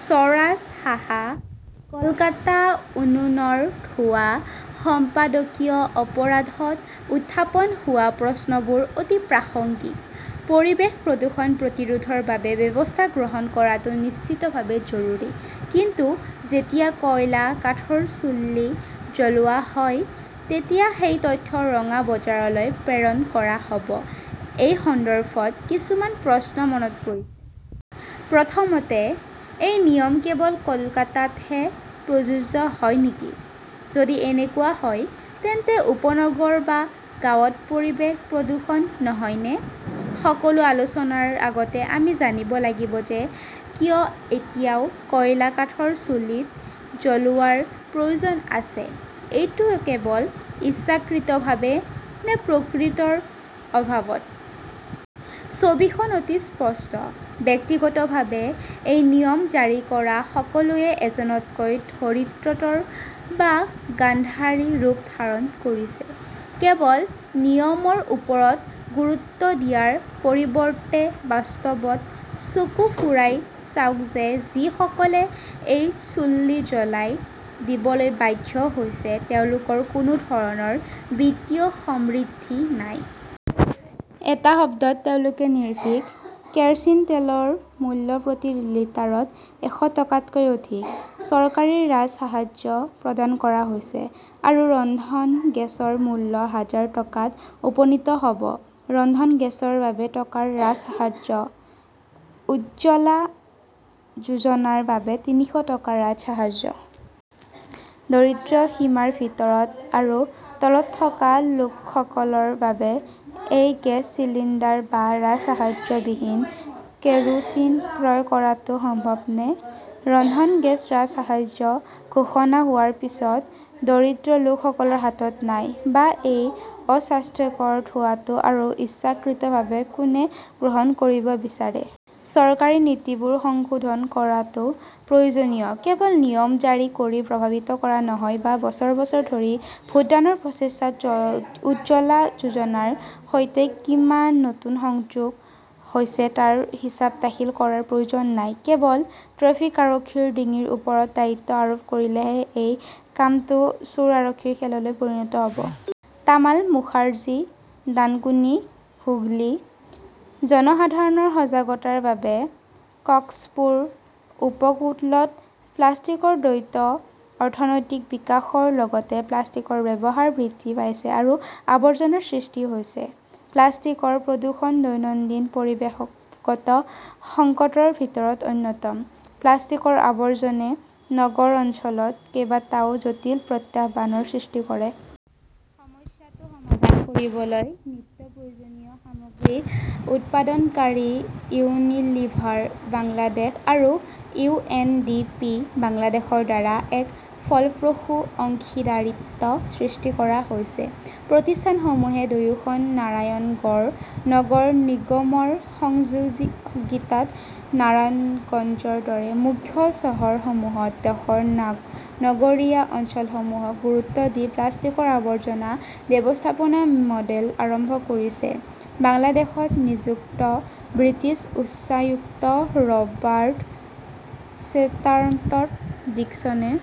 স্বৰাজ সাহা, কলকাতা উনুনৰ ধোঁৱা সম্পাদকীয় অপৰাধ' ত উত্থাপন হোৱা প্ৰশ্নবোৰ অতি প্ৰাসংগিক। পৰিৱেশ প্ৰদূষণ প্ৰতিৰোধৰ বাবে ব্যৱস্থা গ্ৰহণ কৰাটো নিশ্চিতভাৱে জৰুৰী। কিন্তু যেতিয়া কয়লা-কাঠৰ চুল্লি জ্বলোৱা হয় তেতিয়া সেই তথ্য ৰঙা বজাৰলৈ প্ৰেৰণ কৰা হ 'ব-এই সন্দৰ্ভত কিছুমান প্ৰশ্ন মনত পৰিছে। প্ৰথমতে, এই নিয়ম কেৱল কলকাতাতহে প্ৰযোজ্য হয় নেকি। যদি এনেকুৱা হয়, তেন্তে উপনগৰ বা গাঁৱত পৰিৱেশ প্ৰদূষণ নহয়নে? সকলো আলোচনাৰ আগতে আমি জানিব লাগিব যে কিয় এতিয়াও কয়লা-কাঠৰ চুলিত জ্বলোৱাৰ প্ৰয়োজন আছে। এইটো কেৱল ইচ্ছাকৃতভাৱে, নে প্ৰকৃতৰ অভাৱত। ছবিখন অতি স্পষ্ট। ব্যক্তিগতভাৱে, এই নিয়ম জাৰি কৰা সকলোৱে এজনকৈ ধৰিত্ৰতৰ বা গান্ধাৰী ৰূপ ধাৰণ কৰিছে। কেৱল নিয়মৰ ওপৰত গুৰুত্ব দিয়াৰ পৰিৱৰ্তে, বাস্তৱত চকু ফুৰাই চাওক যে যিসকলে এই চুল্লী জ্বলাই দিবলৈ বাধ্য হৈছে তেওঁলোকৰ কোনো ধৰণৰ বিত্তীয় সমৃদ্ধি নাই। এটা শব্দত, তেওঁলোকে নিৰ্ভীক। কেৰ "চিন তেলৰ মূল্য প্ৰতি লিটাৰত এশ টকাতকৈ অধিক। চৰকাৰী ৰাজসাহায্য প্ৰদান কৰা হৈছে। আৰু ৰন্ধন গেছৰ মূল্য হাজাৰ টকাত উপনীত হ’ব। ৰন্ধন গেছৰ বাবে টকাৰ ৰাজসাহায্য। উজ্জ্বলা যোজনাৰ বাবে তিনিশ টকাৰ ৰাজসাহায্য। দৰিদ্ৰ সীমাৰ ভিতৰত আৰু তলত থকা লোকসকলৰ বাবে এই গেছ চিলিণ্ডাৰ বা ৰাজসাহায্যবিহীন কেৰোচিন ক্ৰয় কৰাটো সম্ভৱনে। ৰন্ধন গেছ ৰাজসাহায্য ঘোষণা হোৱাৰ পিছতো দৰিদ্ৰ লোকসকলৰ হাতত নাই। বা এই অস্বাস্থ্যকৰ ধোঁৱাটো আৰু ইচ্ছাকৃতভাৱে কোনে গ্ৰহণ কৰিব বিচাৰে। চৰকাৰী নীতিবোৰ সংশোধন কৰাটো প্ৰয়োজনীয়, কেৱল নিয়ম জাৰি কৰি প্ৰভাৱিত কৰা নহয়, বা বছৰ বছৰ ধৰি ভোটদানৰ প্ৰচেষ্টাত উজ্জ্বলা যোজনাৰ সৈতে কিমান নতুন সংযোগ হৈছে তাৰ হিচাপ দাখিল কৰাৰ প্ৰয়োজন নাই। কেৱল ট্ৰেফিক আৰক্ষীৰ ডিঙিৰ ওপৰত দায়িত্ব আৰোপ কৰিলেহে এই কামটো চোৰ-আৰক্ষীৰ খেললৈ পৰিণত হ’ব। তামাল মুখাৰ্জী, ডানকুনি, হুগলী। জনসাধাৰণৰ সজাগতাৰ বাবে কক্সপুৰ উপকূলত প্লাষ্টিকৰ দৈত্য অৰ্থনৈতিক বিকাশৰ লগতে প্লাষ্টিকৰ ব্যৱহাৰ বৃদ্ধি পাইছে আৰু আৱৰ্জনা সৃষ্টি হৈছে। প্লাষ্টিকৰ প্ৰদূষণ দৈনন্দিন পৰিৱেশগত সংকটৰ ভিতৰত অন্যতম। প্লাষ্টিকৰ আৱৰ্জনে নগৰ অঞ্চলত কেইবাটাও জটিল প্ৰত্যাহ্বানৰ সৃষ্টি কৰে। সমস্যাটো সমাধান কৰিবলৈ নিত্যপ্ৰয়োজনীয় সামগ্ৰী উৎপাদনকাৰী ইউনিলিভাৰ বাংলাদেশ আৰু ইউ. এন. ডি. পি. বাংলাদেশৰ দ্বাৰা এক ফলপ্ৰসূ অংশীদাৰিত্ব সৃষ্টি কৰা হৈছে। প্ৰতিষ্ঠানসমূহে দুয়োখন নাৰায়ণগড় নগৰ নিগমৰ সহযোগিতাত নাৰায়ণগঞ্জৰ দৰে মুখ্য চহৰসমূহত দেশৰ নগৰীয়া অঞ্চলসমূহক গুৰুত্ব দি প্লাষ্টিকৰ আৱৰ্জনা ব্যৱস্থাপনা মডেল আৰম্ভ কৰিছে। বাংলাদেশত নিযুক্ত ব্ৰিটিছ উচ্চায়ুক্ত ৰবাৰ্ট চেটাৰটন ডিকছনে